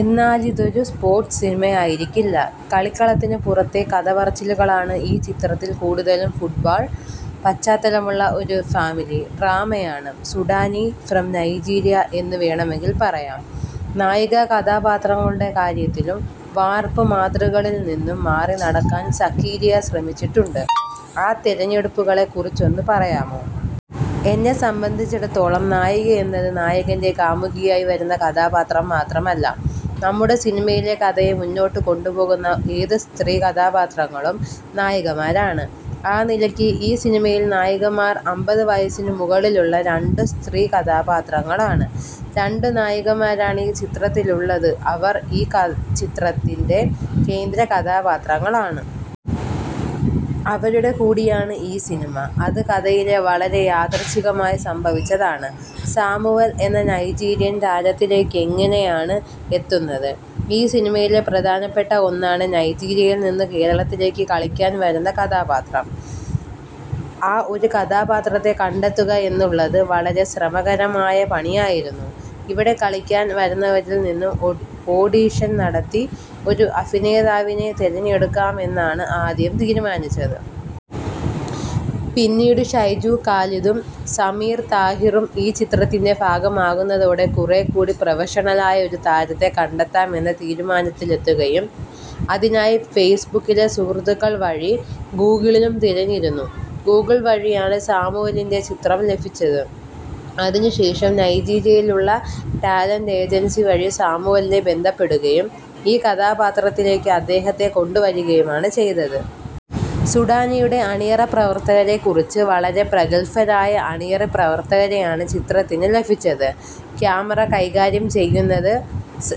എന്നാലിതൊരു sports സിനിമയായിരിക്കില്ല. കളിക്കളത്തിനു പുറത്തെ കഥപറച്ചിലുകളാണ് ഈ ചിത്രത്തിൽ കൂടുതലും. ഫുട്ബാൾ പശ്ചാത്തലമുള്ള ഒരു ഫാമിലി ഡ്രാമയാണു സുഡാനി ഫ്രം നൈജീരിയ എന്നു വേണമെങ്കിൽ പറയാം. നായികാ കഥാപാത്രങ്ങളുടെ കാര്യത്തിലും വാർപ്പ്മാതൃകളിൽ നിന്ന് മാറി നടക്കാൻ സക്കരിയ ശ്രമിച്ചിട്ടുണ്ട്. ആ തെരഞ്ഞെടുപ്പുകളെ കുറിച്ചൊന്നു പറയാമോ? എന്നെ സംബന്ധിച്ചിടത്തോളം നായികയെന്നത് നായകന്റെ കാമുകിയായി വരുന്ന കഥാപാത്രം മാത്രമല്ല. നമ്മുടെ സിനിമയിലെ കഥയെ മുന്നോട്ടു കൊണ്ടുപോകുന്ന ഏതു സ്ത്രീ കഥാപാത്രങ്ങളും നായികമാരാണ്. ആ നിലക്ക് ഈ സിനിമയിൽ നായികമാർ അമ്പതു വയസ്സിനു മുകളിലുള്ള രണ്ടു സ്ത്രീ കഥാപാത്രങ്ങളാണ്. രണ്ടു നായികമാരാണ് ഈ ചിത്രത്തിലുള്ളത്. അവർ ഈ ചിത്രത്തിന്റെ കേന്ദ്ര കഥാപാത്രങ്ങളാണ്. അവരുടെ കൂടിയാണ് ഈ സിനിമ. അത് കഥയിൽ വളരെ യാദൃശ്ചികമായി സംഭവിച്ചതാണ്. സാമുവൽ എന്ന നൈജീരിയൻ താരത്തിലേക്കെങ്ങിനെയാണ് എത്തുന്നത്? ഈ സിനിമയിലെ പ്രധാനപ്പെട്ട ഒന്നാണ് നൈജീരിയയിൽ നിന്നും കേരളത്തിലേക്ക് കളിക്കാൻ വരുന്ന കഥാപാത്രം. ആ ഒരു കഥാപാത്രത്തെ കണ്ടെത്തുക എന്നുള്ളത് വളരെ ശ്രമകരമായ പണിയായിരുന്നു. ഇവിടെ കളിക്കാൻ വരുന്നവരിൽ നിന്നും ഓഡിഷൻ നടത്തി ഒരു അഭിനേതാവിനെ തെരഞ്ഞെടുക്കാമെന്നാണ് ആദ്യം തീരുമാനിച്ചത്. പിന്നീട് ഷൈജു ഖാലിദും സമീർ താഹിറും ഈ ചിത്രത്തിന്റെ ഭാഗമാകുന്നതോടെ കുറേ കൂടി പ്രോഫഷണലായ ഒരു താരത്തെ കണ്ടെത്താം എന്ന തീരുമാനത്തിലെത്തുകയും. അതിനായി ഫേസ്ബുക്കിലെ സുഹൃത്തുക്കൾ വഴി ഗൂഗിളിലും തെരഞ്ഞിരുന്നു. ഗൂഗിൾ വഴിയാണ് സാമുവലിന്റെ ചിത്രം ലഭിച്ചത്. അതിനു ശേഷം നൈജീരിയയിലുള്ള ടാലന്റ് ഏജൻസ് വഴി സാമുവലിനെ ബന്ധപ്പെടുകയും ഈ കഥാപാത്രത്തിലേക്ക് അദ്ദേഹത്തെ കൊണ്ട് വരികയുമാണ് ചെയ്തത്. സുഡാനിയുടെ അണിയറപ്രവർത്തകരെ കുറിച്ച്? വളരെ പ്രഗല്ഭരായ അണിയറപ്രവർത്തകരെയാണ് ചിത്രത്തിന് ലഭിച്ചത്. കാമറ കൈകാര്യം ചെയ്യുന്നത്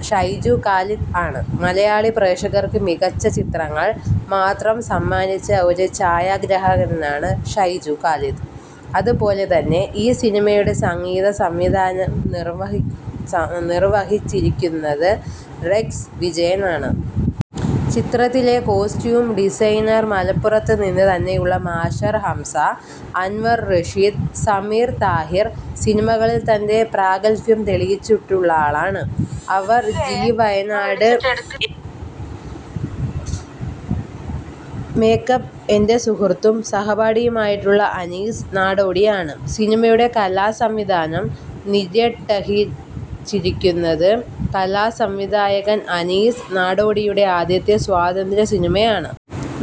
ഷൈജു ഖാലിദ് ആണ്. മലയാളി പ്രേക്ഷകര്ക്ക് മികച്ച ചിത്രങ്ങൾ മാത്രം സമ്മാനിച്ച ഒരു ഛയാഗ്രാഹകനാണ് ഷൈജു ഖാലിദ്. അത് പോലെ തന്നെ ഈ സിനിമയുടെ സംഗീത സംവിധാനം നിർവഹിച്ചിരിക്കുന്നത് റെക്സ് വിജയനാണ്. ചിത്രത്തിലെ കോസ്റ്റ്യൂം ഡിസൈനർ മലപ്പുറത്ത് നിന്ന് തന്നെയുള്ള മാഷർ ഹംസ, അൻവർ റഷീദ്, സമീർ താഹിർ സിനിമകളിൽ തന്റെ പ്രാഗത്ഭ്യം തെളിയിച്ചിട്ടുള്ളയാളാണ്. വയനാടാണ് മേക് അപ്പ്. എന്റെ സുഹൃത്തും സഹപാഠിയുമായിട്ടുള്ള അനീസ് നാടോടിയാണ് സിനിമയുടെ കലാ സംവിധാനം നിര്വടഹിച്ചിരിക്കുന്നത്. കലാ സംവിധായകൻ അനീസ് നാടോടിയുടെ ആദ്യത്തെ സ്വതന്ത്ര സിനിമയാണ്.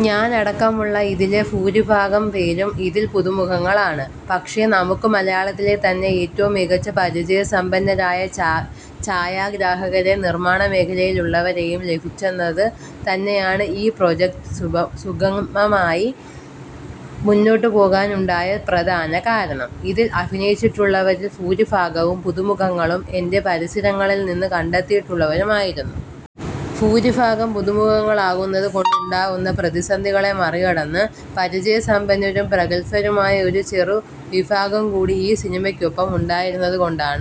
ഞാനടക്കമുള്ള ഇതിലെ ഭൂരിഭാഗം പേരും ഇതിൽ പുതുമുഖങ്ങളാണ്. പക്ഷെ നമുക്ക് മലയാളത്തിലെ തന്നെ ഏറ്റവും മികച്ച, പരിചയസമ്പന്നരായ ചായഗ്രാഹകരെയും നിർമ്മാണ മേഖലയിലുള്ളവരെയും ലഭിച്ചുവെന്നത് തന്നെയാണ് ഈ പ്രൊജക്റ്റ് സുഗമമായി മുന്നോട്ട് പോകനുണ്ടായ പ്രധാന കാരണം. ഇതിൽ അഭിനയിച്ചിട്ടുള്ളവരിൽ ഭൂരിഭാഗവും പുതുമുഖങ്ങളും എന്റെ് പരിസി തങ്ങളിൽ നിന്നും കണ്ടെത്തിയിട്ടുള്ളവരുമായിരുന്നു. ഭൂരിഭാഗം പുതുമുഖങ്ങളാകുന്നത് കൊണ്ടുണ്ടാകാവുന്ന പ്രതിസന്ധികളെ മറികടന്നത് പരിചയസമ്പന്നരും പ്രഗൽഭരുമായ ഒരു ചെറു വിഭാഗം കൂടി ഈ സിനിമക്കൊപ്പം ഉണ്ടായിരുന്നത് കൊണ്ടാണ്.